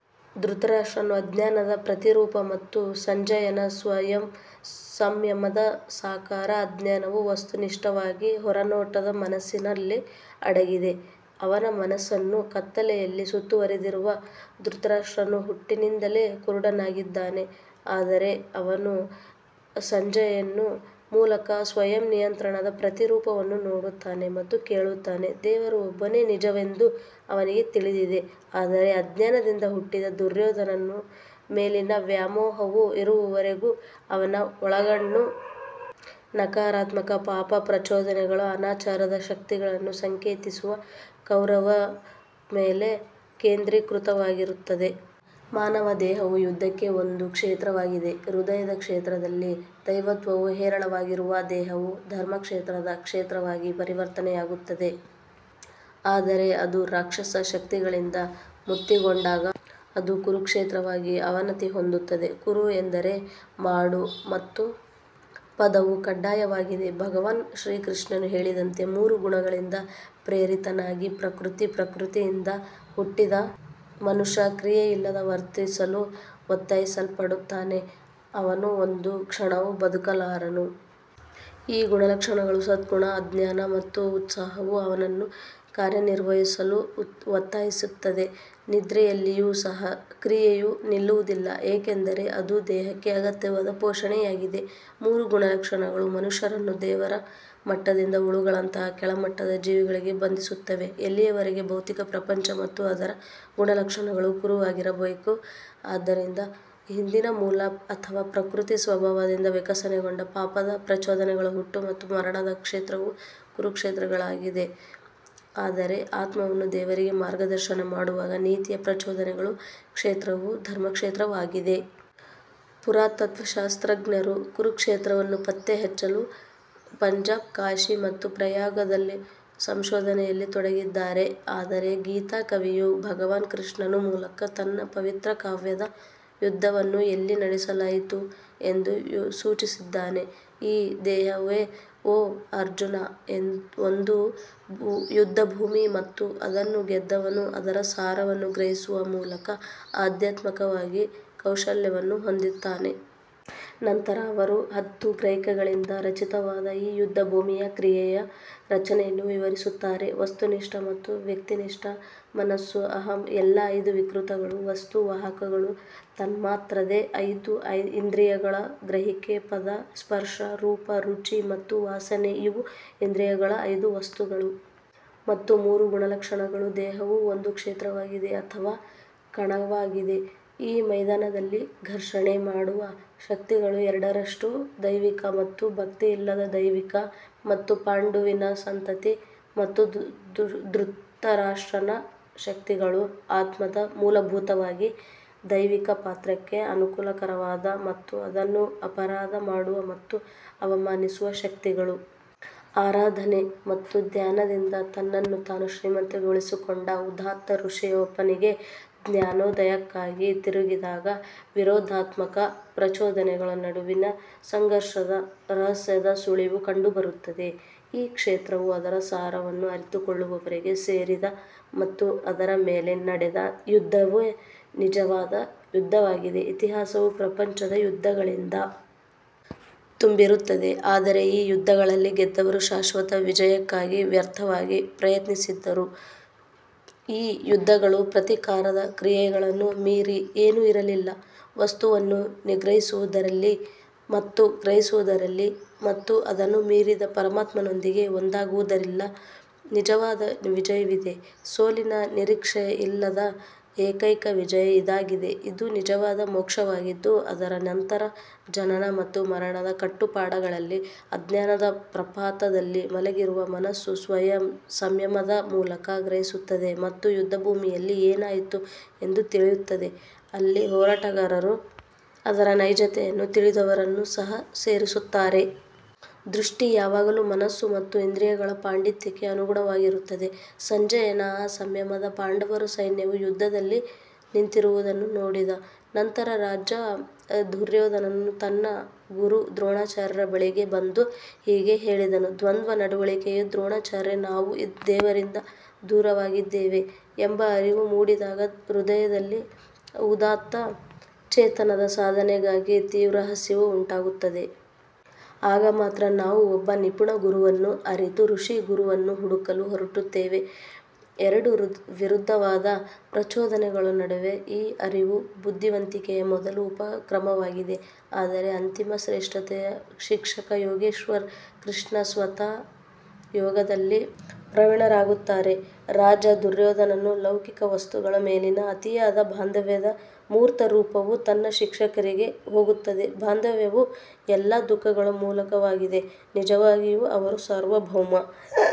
ಧೃತರಾಷ್ಟ್ರನು ಅಜ್ಞಾನದ ಪ್ರತಿರೂಪ ಮತ್ತು ಸಂಜಯನು ಸ್ವಯಂ ಸಂಯಮದ ಸಾಕಾರ ಅಜ್ಞಾನವು ವಸ್ತುನಿಷ್ಠವಾಗಿ ಹೊರನೋಟದ ಮನಸ್ಸಿನಲ್ಲಿ ಅಡಗಿದೆ ಅವನ ಮನಸ್ಸನ್ನು ಕತ್ತಲೆಯಲ್ಲಿ ಸುತ್ತುವರೆದಿರುವ ಧೃತರಾಷ್ಟ್ರನು ಹುಟ್ಟಿನಿಂದಲೇ ಕುರುಡನಾಗಿದ್ದಾನೆ ಆದರೆ ಅವನು ಸಂಜಯನ ಮೂಲಕ ಸ್ವಯಂ ನಿಯಂತ್ರಣದ ಪ್ರತಿರೂಪವನ್ನು ನೋಡುತ್ತಾನೆ ಮತ್ತು ಕೇಳುತ್ತಾನೆ ದೇವರು ಒಬ್ಬನೇ ನಿಜವೆಂದು ಅವನಿಗೆ ತಿಳಿದಿದೆ ಆದರೆ ಅಜ್ಞಾನದಿಂದ ಹುಟ್ಟಿದ ದುರ್ಯೋಧನನ ಮೇಲಿನ ವ್ಯಾಮೋಹವು ಇರುವವರೆಗೂ ಅವನ ಒಳಗಣ್ಣು ನಕಾರಾತ್ಮಕ ಪಾಪ ಪ್ರಚೋದನೆಗಳ ಅನಾಚಾರದ ಶಕ್ತಿಗಳನ್ನು ಸಂಕೇತಿಸುವ ಕೌರವನ ಮೇಲೆ ಕೇಂದ್ರೀಕೃತವಾಗಿರುತ್ತದೆ. ಮಾನವ ದೇಹವು ಯುದ್ಧಕ್ಕೆ ಒಂದು ಕ್ಷೇತ್ರವಾಗಿದೆ ಹೃದಯದ ಕ್ಷೇತ್ರದಲ್ಲಿ ದೈವತ್ವವು ಹೇರಳವಾಗಿರುವಾಗ ದೇಹವು ಧರ್ಮಕ್ಷೇತ್ರದ ಕ್ಷೇತ್ರವಾಗಿ ಪರಿವರ್ತನೆಯಾಗುತ್ತದೆ ಆದರೆ ಅದು ರಾಕ್ಷಸ ಶಕ್ತಿಗಳಿಂದ ಮುತ್ತಿಕೊಂಡಾಗ ಅದು ಕುರುಕ್ಷೇತ್ರವಾಗಿ ಅವನತಿ ಹೊಂದುತ್ತದೆ. ಕುರು ಎಂದರೆ ಮಾಡು ಮತ್ತು ಪದವು ಕಡ್ಡಾಯವಾಗಿದೆ ಭಗವಾನ್ ಶ್ರೀಕೃಷ್ಣನು ಹೇಳಿದಂತೆ ಮೂರು ಗುಣಗಳಿಂದ ಪ್ರೇರಿತನಾಗಿ ಪ್ರಕೃತಿ ಪ್ರಕೃತಿಯಿಂದ ಹುಟ್ಟಿದ ಮನುಷ್ಯ ಕ್ರಿಯೆಯಿಲ್ಲದೆ ವರ್ತಿಸಲು ಒತ್ತಾಯಿಸಲ್ಪಡುತ್ತಾನೆ, ಅವನು ಒಂದು ಕ್ಷಣವೂ ಬದುಕಲಾರನು. ಈ ಗುಣಲಕ್ಷಣಗಳು ಸದ್ಗುಣ ಅಜ್ಞಾನ ಮತ್ತು ಉತ್ಸಾಹವು ಅವನನ್ನು ಕಾರ್ಯನಿರ್ವಹಿಸಲು ಒತ್ತಾಯಿಸುತ್ತದೆ ನಿದ್ರೆಯಲ್ಲಿಯೂ ಸಹ ಕ್ರಿಯೆಯು ನಿಲ್ಲುವುದಿಲ್ಲ ಏಕೆಂದರೆ ಅದು ದೇಹಕ್ಕೆ ಅಗತ್ಯವಾದ ಪೋಷಣೆಯಾಗಿದೆ ಮೂರು ಗುಣಲಕ್ಷಣಗಳು ಮನುಷ್ಯರನ್ನು ದೇವರ ಮಟ್ಟದಿಂದ ಹುಳುಗಳಂತಹ ಕೆಳಮಟ್ಟದ ಜೀವಿಗಳಿಗೆ ಬಂಧಿಸುತ್ತವೆ ಎಲ್ಲಿಯವರೆಗೆ ಭೌತಿಕ ಪ್ರಪಂಚ ಮತ್ತು ಅದರ ಗುಣಲಕ್ಷಣಗಳು ಕುರು ಆಗಿರಬೇಕು ಆದ್ದರಿಂದ ಹಿಂದಿನ ಮೂಲ ಅಥವಾ ಪ್ರಕೃತಿ ಸ್ವಭಾವದಿಂದ ವಿಕಸನಗೊಂಡ ಪಾಪದ ಪ್ರಚೋದನೆಗಳ ಹುಟ್ಟು ಮತ್ತು ಮರಣದ ಕ್ಷೇತ್ರವು ಕುರುಕ್ಷೇತ್ರವಾಗಿದೆ ಆದರೆ ಆತ್ಮವನ್ನು ದೇವರಿಗೆ ಮಾರ್ಗದರ್ಶನ ಮಾಡುವ ನೀತಿಯ ಪ್ರಚೋದನೆಗಳ ಕ್ಷೇತ್ರವು ಧರ್ಮಕ್ಷೇತ್ರವಾಗಿದೆ. ಪುರಾತತ್ವಶಾಸ್ತ್ರಜ್ಞರು ಕುರುಕ್ಷೇತ್ರವನ್ನು ಪತ್ತೆಹಚ್ಚಲು ಪಂಜಾಬ್ ಕಾಶಿ ಮತ್ತು ಪ್ರಯಾಗದಲ್ಲಿ ಸಂಶೋಧನೆಯಲ್ಲಿ ತೊಡಗಿದ್ದಾರೆ ಆದರೆ ಗೀತಾ ಕವಿಯು ಭಗವಾನ್ ಕೃಷ್ಣನ ಮೂಲಕ ತನ್ನ ಪವಿತ್ರ ಕಾವ್ಯದ ಯುದ್ಧವನ್ನು ಎಲ್ಲಿ ನಡೆಸಲಾಯಿತು ಎಂದು ಸೂಚಿಸಿದ್ದಾನೆ. ಈ ದೇಹವೇ ಓ ಅರ್ಜುನ್ ಒಂದು ಯುದ್ಧಭೂಮಿ ಮತ್ತು ಅದನ್ನು ಗೆದ್ದವನು ಅದರ ಸಾರವನ್ನು ಗ್ರಹಿಸುವ ಮೂಲಕ ಆಧ್ಯಾತ್ಮಿಕವಾಗಿ ಕೌಶಲ್ಯವನ್ನು ಹೊಂದುತ್ತಾನೆ. ನಂತರ ಅವರು ಹತ್ತು ಗ್ರಹಿಕೆಗಳಿಂದ ರಚಿತವಾದ ಈ ಯುದ್ಧಭೂಮಿಯ ಕ್ರಿಯೆಯ ರಚನೆಯನ್ನು ವಿವರಿಸುತ್ತಾರೆ ವಸ್ತುನಿಷ್ಠ ಮತ್ತು ವ್ಯಕ್ತಿನಿಷ್ಠ ಮನಸ್ಸು ಅಹಂ ಎಲ್ಲಾ ಐದು ವಿಕೃತಿಗಳು ವಸ್ತು ವಾಹಕಗಳು ತನ್ಮಾತ್ರದ ಐದು ಇಂದ್ರಿಯಗಳ ಗ್ರಹಿಕೆ ಪದ ಸ್ಪರ್ಶ ರೂಪ ರುಚಿ ಮತ್ತು ವಾಸನೆ ಇವು ಇಂದ್ರಿಯಗಳ ಐದು ವಸ್ತುಗಳು. ಮತ್ತು ಮೂರು ಗುಣಲಕ್ಷಣಗಳು ದೇಹವು ಒಂದು ಕ್ಷೇತ್ರವಾಗಿದೆ ಅಥವಾ ಕಣವಾಗಿದೆ ಈ ಮೈದಾನದಲ್ಲಿ ಘರ್ಷಣೆ ಮಾಡುವ ಶಕ್ತಿಗಳು ಎರಡರಷ್ಟು ದೈವಿಕ ಮತ್ತು ಭಕ್ತಿಯಿಲ್ಲದ ದೈವಿಕ ಮತ್ತು ಪಾಂಡುವಿನ ಸಂತತಿ ಮತ್ತು ಧೃತರಾಷ್ಟ್ರನ ಶಕ್ತಿಗಳು ಆತ್ಮದ ಮೂಲಭೂತವಾಗಿ ದೈವಿಕ ಪಾತ್ರಕ್ಕೆ ಅನುಕೂಲಕರವಾದ ಮತ್ತು ಅದನ್ನು ಅಪರಾಧ ಮಾಡುವ ಮತ್ತು ಅವಮಾನಿಸುವ ಶಕ್ತಿಗಳು. ಆರಾಧನೆ ಮತ್ತು ಧ್ಯಾನದಿಂದ ತನ್ನನ್ನು ತಾನು ಶ್ರೀಮಂತಗೊಳಿಸಿಕೊಂಡ ಉದಾತ್ತ ಋಷಿಯೊಬ್ಬನಿಗೆ ಜ್ಞಾನೋದಯಕ್ಕಾಗಿ ತಿರುಗಿದಾಗ ವಿರೋಧಾತ್ಮಕ ಪ್ರಚೋದನೆಗಳ ನಡುವಿನ ಸಂಘರ್ಷದ ರಹಸ್ಯದ ಸುಳಿವು ಕಂಡುಬರುತ್ತದೆ. ಈ ಕ್ಷೇತ್ರವು ಅದರ ಸಾರವನ್ನು ಅರಿತುಕೊಳ್ಳುವವರಿಗೆ ಸೇರಿದೆ ಮತ್ತು ಅದರ ಮೇಲೆ ನಡೆದ ಯುದ್ಧವೇ ನಿಜವಾದ ಯುದ್ಧವಾಗಿದೆ ಇತಿಹಾಸವು ಪ್ರಪಂಚದ ಯುದ್ಧಗಳಿಂದ ತುಂಬಿರುತ್ತದೆ ಆದರೆ ಈ ಯುದ್ಧಗಳಲ್ಲಿ ಗೆದ್ದವರು ಶಾಶ್ವತ ವಿಜಯಕ್ಕಾಗಿ ವ್ಯರ್ಥವಾಗಿ ಪ್ರಯತ್ನಿಸಿದರು ಈ ಯುದ್ಧಗಳು ಪ್ರತೀಕಾರದ ಕ್ರಿಯೆಗಳನ್ನು ಮೀರಿ ಏನೂ ಇರಲಿಲ್ಲ ವಸ್ತುವನ್ನು ನಿಗ್ರಹಿಸುವುದರಲ್ಲಿ ಮತ್ತು ಗ್ರಹಿಸುವುದರಲ್ಲಿ ಮತ್ತು ಅದನ್ನು ಮೀರಿದ ಪರಮಾತ್ಮನೊಂದಿಗೆ ಒಂದಾಗುವುದರಲ್ಲಿ ನಿಜವಾದ ವಿಜಯವಿದೆ ಸೋಲಿನ ನಿರೀಕ್ಷೆ ಇಲ್ಲದ ಏಕೈಕ ವಿಜಯ ಇದಾಗಿದೆ ಇದು ನಿಜವಾದ ಮೋಕ್ಷವಾಗಿದ್ದು ಅದರ ನಂತರ ಜನನ ಮತ್ತು ಮರಣದ ಕಟ್ಟುಪಾಡುಗಳಿಲ್ಲ ಅಜ್ಞಾನದ ಪ್ರಪಾತದಲ್ಲಿ ಮಲಗಿರುವ ಮನಸ್ಸು ಸ್ವಯಂ ಸಂಯಮದ ಮೂಲಕ ಗ್ರಹಿಸುತ್ತದೆ ಮತ್ತು ಯುದ್ಧಭೂಮಿಯಲ್ಲಿ ಏನಾಯಿತು ಎಂದು ತಿಳಿಯುತ್ತದೆ, ಅಲ್ಲಿ ಹೋರಾಟಗಾರರು ಅದರ ನೈಜತೆಯನ್ನು ತಿಳಿದವರನ್ನು ಸಹ ಸೇರಿಸುತ್ತಾರೆ. ದೃಷ್ಟಿ ಯಾವಾಗಲೂ ಮನಸ್ಸು ಮತ್ತು ಇಂದ್ರಿಯಗಳ ಪಾಂಡಿತ್ಯಕ್ಕೆ ಅನುಗುಣವಾಗಿರುತ್ತದೆ ಸಂಜಯನು ಆ ಸಮಯದಲ್ಲಿ ಪಾಂಡವರ ಸೈನ್ಯವು ಯುದ್ಧದಲ್ಲಿ ನಿಂತಿರುವುದನ್ನು ನೋಡಿದ ನಂತರ ರಾಜ ದುರ್ಯೋಧನನು ತನ್ನ ಗುರು ದ್ರೋಣಾಚಾರ್ಯರ ಬಳಿಗೆ ಬಂದು ಹೀಗೆ ಹೇಳಿದನು. ದ್ವಂದ್ವ ನಡವಳಿಕೆಯೇ ದ್ರೋಣಾಚಾರ್ಯ ನಾವು ದೇವರಿಂದ ದೂರವಾಗಿದ್ದೇವೆ ಎಂಬ ಅರಿವು ಮೂಡಿದಾಗ ಹೃದಯದಲ್ಲಿ ಆ ಉದಾತ್ತ ಚೇತನದ ಸಾಧನೆಗಾಗಿ ತೀವ್ರ ಹಸಿವು ಉಂಟಾಗುತ್ತದೆ. ಆಗ ಮಾತ್ರ ನಾವು ಒಬ್ಬ ನಿಪುಣ ಗುರುವನ್ನು ಅರಿತು ಋಷಿ ಗುರುವನ್ನು ಹುಡುಕಲು ಹೊರಡುತ್ತೇವೆ ಎರಡು ವಿರುದ್ಧವಾದ ಪ್ರಚೋದನೆಗಳ ನಡುವೆ ಈ ಅರಿವು ಬುದ್ಧಿವಂತಿಕೆಯ ಮೊದಲ ಉಪಕ್ರಮವಾಗಿದೆ ಆದರೆ ಅಂತಿಮ ಶ್ರೇಷ್ಠತೆಯ ಶಿಕ್ಷಕ ಯೋಗೇಶ್ವರ್ ಕೃಷ್ಣ ಸ್ವತಃ ಯೋಗದಲ್ಲಿ ಪ್ರವೀಣರಾಗಿರುತ್ತಾರೆ. ರಾಜ ದುರ್ಯೋಧನನು ಲೌಕಿಕ ವಸ್ತುಗಳ ಮೇಲಿನ ಅತಿಯಾದ ಬಾಂಧವ್ಯದ ಮೂರ್ತರೂಪವು ತನ್ನ ಶಿಕ್ಷಕರಿಗೆ ಹೋಗುತ್ತದೆ ಬಾಂಧವ್ಯವು ಎಲ್ಲಾ ದುಃಖಗಳ ಮೂಲವಾಗಿದೆ ನಿಜವಾಗಿಯೂ ಅವರ ಸಾರ್ವಭೌಮ.